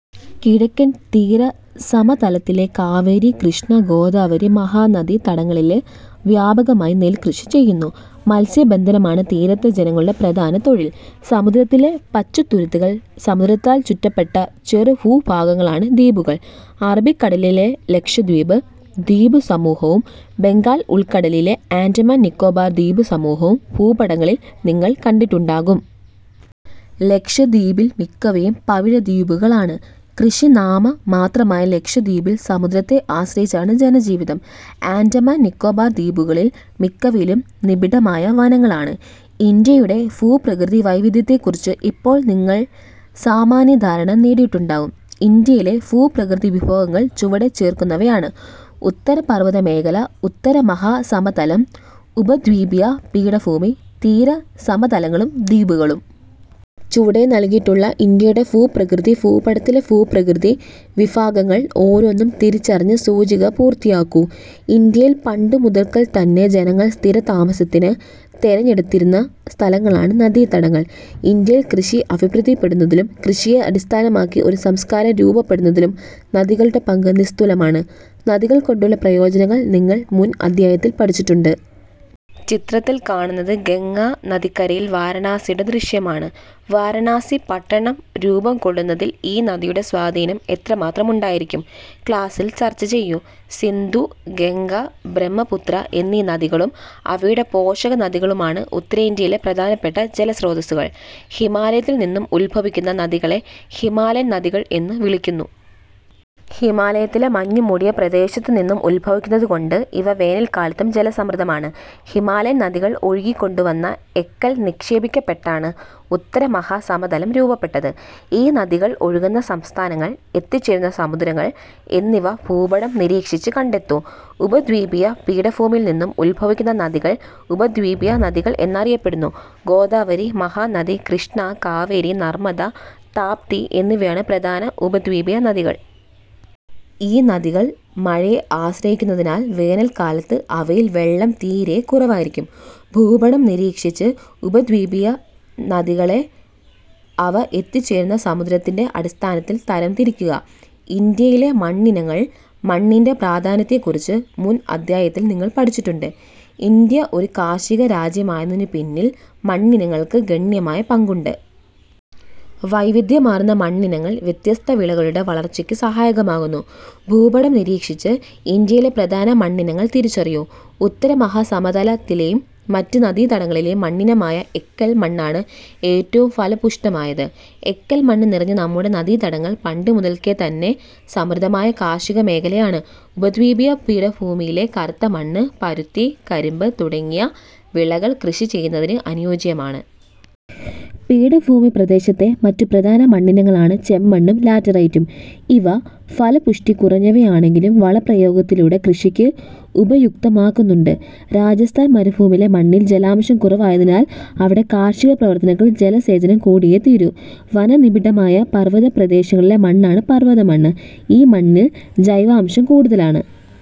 കിഴക്കൻ തീരസമതലത്തിലെ കാവേരി, കൃഷ്ണ, ഗോദാവരി, മഹാനദി തടങ്ങളിൽവ്യാപകമായി നെല്ല് കൃഷി ചെയ്യുന്നു. മത്സ്യ ബന്ധനമാണ് തീരത്തെ ജനങ്ങളുടെ പ്രധാന തൊഴിൽ. സമുദ്രത്തിലെ പച്ചത്തുരുത്തുകൾ സമുദ്രത്താൽ ചുറ്റപ്പെട്ട ചെറുഭൂഭാഗങ്ങളാണ് ദ്വീപുകൾ. അറബിക്കടലിലെ ലക്ഷദ്വീപ് ദ്വീപ് സമൂഹവും ബംഗാൾ ഉൾക്കടലിലെ ആൻഡമാൻ, നിക്കോബാർ ദ്വീപസമൂഹവും ഭൂപടങ്ങളിൽ നിങ്ങൾ കണ്ടിട്ടുണ്ടാകും. ലക്ഷദ്വീപിൽ മിക്കവയും പവിഴ ദ്വീപുകളാണ്. കൃഷി നാമ മാത്രമായ ലക്ഷദ്വീപിൽ സമുദ്രത്തെ ആശ്രയിച്ചാണ് ജനജീവിതം. ആൻഡമാൻ, നിക്കോബാർ ദ്വീപുകളിൽ മിക്കവയിലും നിബിഡമായ വനങ്ങളാണ്. ഇന്ത്യയുടെ ഭൂപ്രകൃതി വൈവിധ്യത്തെക്കുറിച്ച് ഇപ്പോൾ നിങ്ങൾ സാമാന്യധാരണ നേടിയിട്ടുണ്ടാകും. ഇന്ത്യയിലെ ഭൂപ്രകൃതി വിഭാഗങ്ങൾ ചുവടെ ചേർക്കുന്നവയാണ്. ഉത്തരപർവ്വതമേഖല, ഉത്തരമഹാസമതലം, ഉപദ്വീപീയ പീഠഭൂമി, തീരസമതലങ്ങളും ദ്വീപുകളും. ചുവടെ നൽകിയിട്ടുള്ള ഇന്ത്യയുടെ ഭൂപ്രകൃതി ഭൂപടത്തിലെ ഭൂപ്രകൃതി വിഭാഗങ്ങൾ ഓരോന്നും തിരിച്ചറിഞ്ഞ് സൂചിക പൂർത്തിയാക്കൂ. ഇന്ത്യയിൽ പണ്ടുമുതൽക്കുതന്നെ ജനങ്ങൾ സ്ഥിരതാമസത്തിന് തെരഞ്ഞെടുത്തിരുന്ന സ്ഥലങ്ങളാണ് നദീതടങ്ങൾ. ഇന്ത്യയിൽ കൃഷി അഭിവൃദ്ധിപ്പെടുന്നതിലും കൃഷിയെ അടിസ്ഥാനമാക്കി ഒരു സംസ്കാരം രൂപപ്പെടുന്നതിലും നദികളുടെ പങ്ക് നിസ്തുലമാണ്. നദികൾ കൊണ്ടുള്ള പ്രയോജനങ്ങൾ നിങ്ങൾ മുൻ അധ്യായത്തിൽ പഠിച്ചിട്ടുണ്ട്. ചിത്രത്തിൽ കാണുന്നത് ഗംഗാ നദിക്കരയിലെ വാരണാസിയുടെ ദൃശ്യമാണ്. വാരണാസി പട്ടണം രൂപം കൊള്ളുന്നതിൽ ഈ നദിയുടെ സ്വാധീനം എത്രമാത്രം ഉണ്ടായിരിക്കാം? ക്ലാസിൽ ചർച്ച ചെയ്യൂ. സിന്ധു, ഗംഗ, ബ്രഹ്മപുത്ര എന്നീ നദികളും അവയുടെ പോഷക നദികളുമാണ് ഉത്തരേന്ത്യയിലെ പ്രധാനപ്പെട്ട ജലസ്രോതസുകൾ. ഹിമാലയത്തിൽനിന്നും ഉത്ഭവിക്കുന്ന നദികളെ ഹിമാലയൻ നദികൾ എന്നു വിളിക്കുന്നു. ഹിമാലയത്തിലെ മഞ്ഞുമൂടിയ പ്രദേശത്തുനിന്ന് ഉത്ഭവിക്കുന്നതുകൊണ്ട് ഇവ വേനൽക്കാലത്തും ജലസമൃദ്ധമാണ്. ഹിമാലയൻ നദികൾ ഒഴുക്കികൊണ്ടുവന്ന എക്കൽ നിക്ഷേപിക്കപ്പെട്ടാണ് ഉത്തരമഹാസമതലം രൂപപ്പെട്ടത്. ഈ നദികൾ ഒഴുകുന്ന സംസ്ഥാനങ്ങൾ, എത്തിച്ചേരുന്ന സമുദ്രങ്ങൾ എന്നിവ ഭൂപടം നിരീക്ഷിച്ച് കണ്ടെത്തൂ. ഉപദ്വീപീയ പീഠഭൂമിയിൽ നിന്നും ഉത്ഭവിക്കുന്ന നദികൾ ഉപദ്വീപീയ നദികൾ എന്നറിയപ്പെടുന്നു. ഗോദാവരി, മഹാനദി, കൃഷ്ണ, കാവേരി, നർമ്മദ, താപ്തി എന്നിവയാണ് പ്രധാന ഉപദ്വീപീയ നദികൾ. ഈ നദികൾ മഴയെ ആശ്രയിക്കുന്നതിനാൽ വേനൽക്കാലത്ത് അവയിൽ വെള്ളം തീരെ കുറവായിരിക്കും. ഭൂപടം നിരീക്ഷിച്ച് ഉപദ്വീപീയ നദികളെ അവ എത്തിച്ചേരുന്ന സമുദ്രത്തിന്റെ അടിസ്ഥാനത്തിൽ തരം തിരിക്കുക. ഇന്ത്യയിലെ മണ്ണിനങ്ങൾ മണ്ണിന്റെ പ്രാധാന്യത്തെക്കുറിച്ച് മുൻ അധ്യായത്തിൽ നിങ്ങൾ പഠിച്ചിട്ടുണ്ട്. ഇന്ത്യ ഒരു കാർഷിക രാജ്യമായതിനുപിന്നിൽ മണ്ണിനങ്ങൾക്ക് ഗണ്യമായ പങ്കുണ്ട്. വൈവിധ്യമാർന്ന മണ്ണിനങ്ങൾ വ്യത്യസ്ത വിളകളുടെ വളർച്ചയ്ക്ക് സഹായകമാകുന്നു. ഭൂപടം നിരീക്ഷിച്ച് ഇന്ത്യയിലെ പ്രധാന മണ്ണിനങ്ങൾ തിരിച്ചറിയൂ. ഉത്തരമഹാസമതലത്തിലെയും മറ്റ് നദീതടങ്ങളിലെയും മണ്ണിനമായ എക്കൽ മണ്ണാണ് ഏറ്റവും ഫലപുഷ്ടമായത്. എക്കൽ മണ്ണ് നിറഞ്ഞ നമ്മുടെ നദീതടങ്ങൾ പണ്ടുമുതൽക്കു തന്നെ സമൃദ്ധമായ കാർഷികമേഖലയാണ്. ഉപദ്വീപീയ പീഠഭൂമിയിലെ കറുത്തമണ്ണ് പരുത്തി, കരിമ്പ് തുടങ്ങിയ വിളകൾ കൃഷി ചെയ്യുന്നതിന് അനുയോജ്യമാണ്. പീഠഭൂമി പ്രദേശത്തെ മറ്റു പ്രധാന മണ്ണിനങ്ങളാണ് ചെമ്മണ്ണും ലാറ്ററൈറ്റും. ഇവ ഫലപുഷ്ടി കുറഞ്ഞവയാണെങ്കിലും വളപ്രയോഗത്തിലൂടെ കൃഷിക്ക് ഉപയുക്തമാക്കുന്നുണ്ട്. രാജസ്ഥാൻ മരുഭൂമിയിലെ മണ്ണിൽ ജലാംശം കുറവായതിനാൽ അവിടെ കാർഷിക പ്രവർത്തനങ്ങൾക്ക് ജല സേചനം കൂടിയേ തീരൂ. വനനിബിഡമായ പർവ്വത പ്രദേശങ്ങളിലെ മണ്ണാണ് പർവത മണ്ണ്. ഈ മണ്ണിൽ ജൈവാംശം കൂടുതലാണ്.